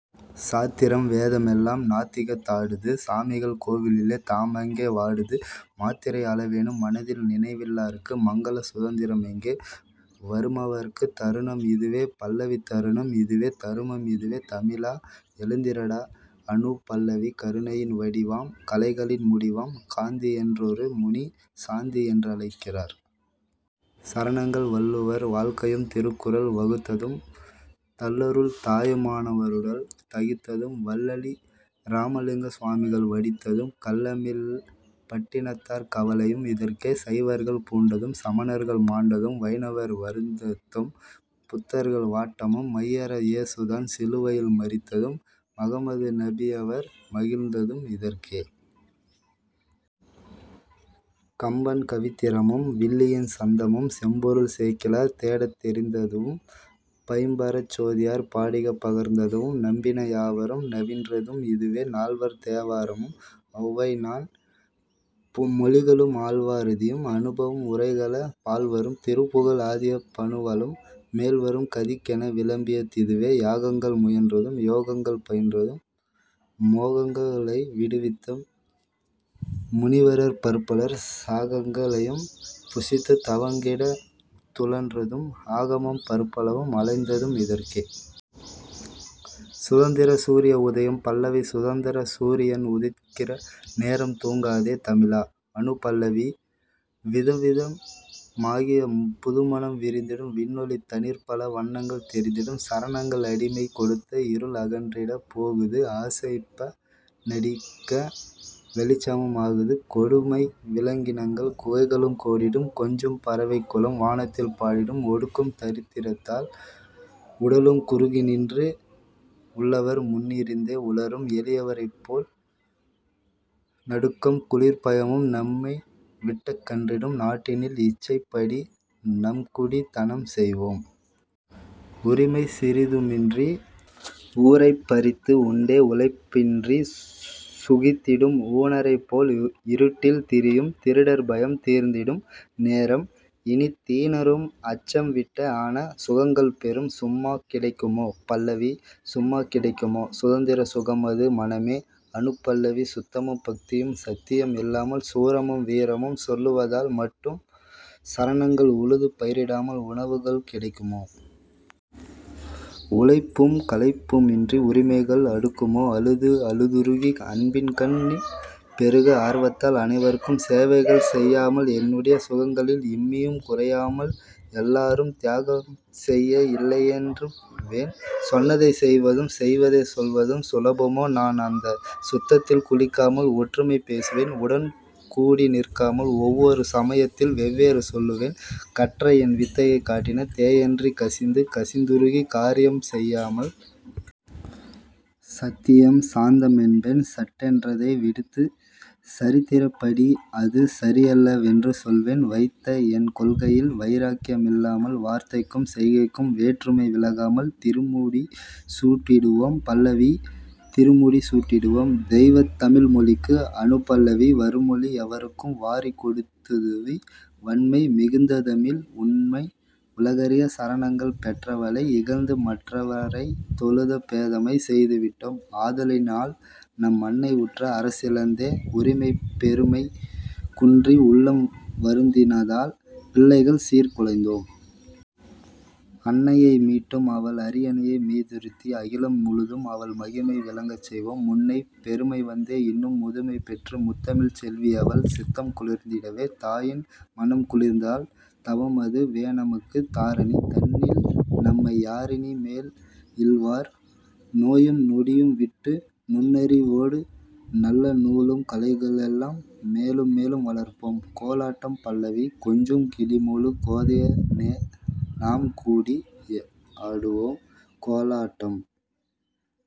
சாத்திரம் வேதமெல்லாம் நாத்திகத் தாடுது சாமிகள் கோவிலிலே தாமங்கே வாடுது மாத்திரை அளவேனும் மனதில் நினைவில்லார்க்கு மங்கள சுதந்தரம் எங்கே வருமவர்க்கு?. தருணம் இதுவே பல்லவி தருணம் இதுவே, தருமம் இதுவே, தமிழா! எழுந்திரடா. அநுபல்லவி கருணையின் வடிவாம் கலைகளின் முடிவாம் காந்தியென் றொருமுனி 'சாந்தி'யென் றழைக்கிறார். சரணங்கள் வள்ளுவர் வாழ்க்கையும் திருக்குறள் வகுத்ததும் தள்ளருள் தாயுமா னவருடல் தகித்ததும் வள்ளலி ராமலிங்க சுவாமிகள் வடித்ததும் கள்ளமில் பட்டினத்தார் கவலையும் இதற்கே. சைவர்கள் பூண்டதும் சமணர்கள் மாண்டதும் வைணவர் வருத்தமும் புத்தர்கள் வாட்டமும் மையற ஏசுதான் சிலுவையில் மரித்ததும் மஹம்மது நபியவர் மகிழ்ந்ததும் இதற்கே. கம்பன் கவித்திறமும் வில்லியின் சந்தமும் செம்பொருள் சேக்கிழார் தேடத் தெரிந்ததுவும் பைம்பரஞ் சோதியார் பாடிகப் பகர்ந்ததுவும் நம்பின யாவரும் நவின்றதும் இதுவே. நால்வர் தேவாரமும் ஔவைநன் மொழிகளும் ஆழ்வா ராதியர் அனுபவ உரைகளும் பால்வரும் திருப்புகழ் ஆதிய பனுவலும் மேல்வரும் கதிக்கென விளம்பிய திதுவே. யாகங்கள் முயன்றதும் யோகங்கள் பயின்றதும் மோகங்க ளைவிடுத்த முனிவரர் பற்பலர் சாகங்க ளைப்புசித்துத் தவங்கிடந் துழன்றதும் ஆகமம் பற்பலவும் அலைந்ததும் இதற்கே.. சுதந்தரச் சூரிய உதயம் பல்லவி சுதந்தரச் சூரியன் உதிக்கிற நேரம் தூங்காதே தமிழா! அநுபல்லவி விதம்வித மாகிய புதுமணம் விரிந்திடும் விண்ணொளி தனிற்பல வண்ணங்கள் தெரிந்திடும் சரணங்கள் அடிமை கொடுத்தஇருள் அகன்றிடப் போகுது ஆசைப்ப டிநடக்க வெளிச்சமும் ஆகுது கொடுமை விலங்கினங்கள் குகைகளுக் கோடிடும் கொஞ்சும் பறவைக்குலம் வானத்தில் பாடிடும் ஒடுக்கும் தரித்திரத்தால் உடலும் குறுகிநின்று உள்ளவர் முன்னிருந்தே உளறும் எளியரைப்போல் நடுக்கும் குளிர்ப்பயமும் நம்மைவிட்டகன்றிடும் நாட்டினில் இச்சைப்படி நம்குடித் தனம்செய்வோம். உரிமை சிறிதுமின்றி ஊரைப்ப றித்துஉண்டே உழைப்பின்றிச் சுகித்திடும் ஊனரைப் போல்இருட்டில் திரியும் திருடர்பயம் தீர்ந்திடும் நேரம்இனித் தீனரும் அச்சம்விட்டே ஆன சுகங்கள்பெறும்.. சும்மா கிடைக்குமோ? பல்லவி சும்மா கிடைக்குமோ சுதந்தர சுகமது--மனமே! அநுபல்லவி சுத்தமும் பக்தியும் சத்தியம் இல்லாமல் சூரமும் வீரமும் சொல்லுவ தால்மட்டும் சரணங்கள் உழுது பயிரிடாமல் உணவுகள் கிடைக்குமோ? உழைப்பும் களைப்புமின்றி உரிமைகள் அடுக்குமோ? அழுது அழுதுருகி அன்பின்கண் ணீர்பெருக ஆர்வத்தால் அனைவர்க்கும் சேவைகள் செய்யாமல். என்னுடைச் சுகங்களில் இம்மியும் குறையாமல் எல்லாரும் தியாகம்செய்ய இல்லையென் றேசுவேன் 'சொன்னதைச் செய்வதும் செய்வதே சொல்வதும்' சுலபமோ நான் அந்தச் சுத்தத்தில் குளிக்காமல். ஒற்றுமை பேசுவேன் உடன்கூடி நிற்காமல் ஒவ்வொரு சமயத்தில் வெவ்வேறு சொல்லுவேன் கற்றஎன் வித்தையை காட்டின தேயன்றிக் கசிந்து கசிந்துருகிக் காரியம் செய்யாமல். சத்தியம் சாந்தமென்பேன் சட்டென் றதைவிடுத்துச் சரித்திரப் படிஅது சரியல்ல வென்றுசொல்வேன் வைத்தஎன் கொள்கையில் வைராக்ய மில்லாமல் வார்த்தைக்கும் செய்கைக்கும் வேற்றுமை விலகாமல். திருமுடி சூட்டிடுவோம் பல்லவி திருமுடி சூட்டிடுவோம்--தெய்வத் தழிழ்மொழிக்கு! அநுபல்லவி வருமொழி எவருக்கும் வாரிக் கொடுத்துதவி வண்மை மிகுந்ததமிழ் உண்மை உலகறிய சரணங்கள் பெற்றவ ளைஇகழ்ந்து மற்றவ ரைத்தொழுத பேதைமை செய்துவிட்டோம் ஆதலினால் நம்அன்னை உற்ற அரசிழந்தே உரிமை பெருமை குன்றி உள்ளம் வருந்தினதால் பிள்ளைகள் சீர்குலைந்தோம்! அன்னையை மீட்டும்அவள் அரியணை மீதிருத்தி அகிலம் முழுதும்அவள் மகிமை விளங்கச்செய்வோம்! முன்னைப் பெருமைவந்தே இன்னும் புதுமைபெற்று முத்தமிழ்ச் செல்வியவள் சித்தம் குளிர்ந்திடவே! தாயின் மனம்குளிர்ந்தால் தவம்அது வேநமக்கு தாரணி தன்னில்நம்மை யாரினி மேல்இழ்வார்? நோயும் நொடியும்விட்டு நுண்ணறி வோடுநல்ல நூலும் கலைகளெல்லாம் மேலும்மேலும் வளர்ப்போம்.. கோலாட்டாம் பல்லவி கொஞ்சும் கிளிமொழிக் கோதைய ரேநாம் கூடி யாடுவோம் கோலாட்டம்.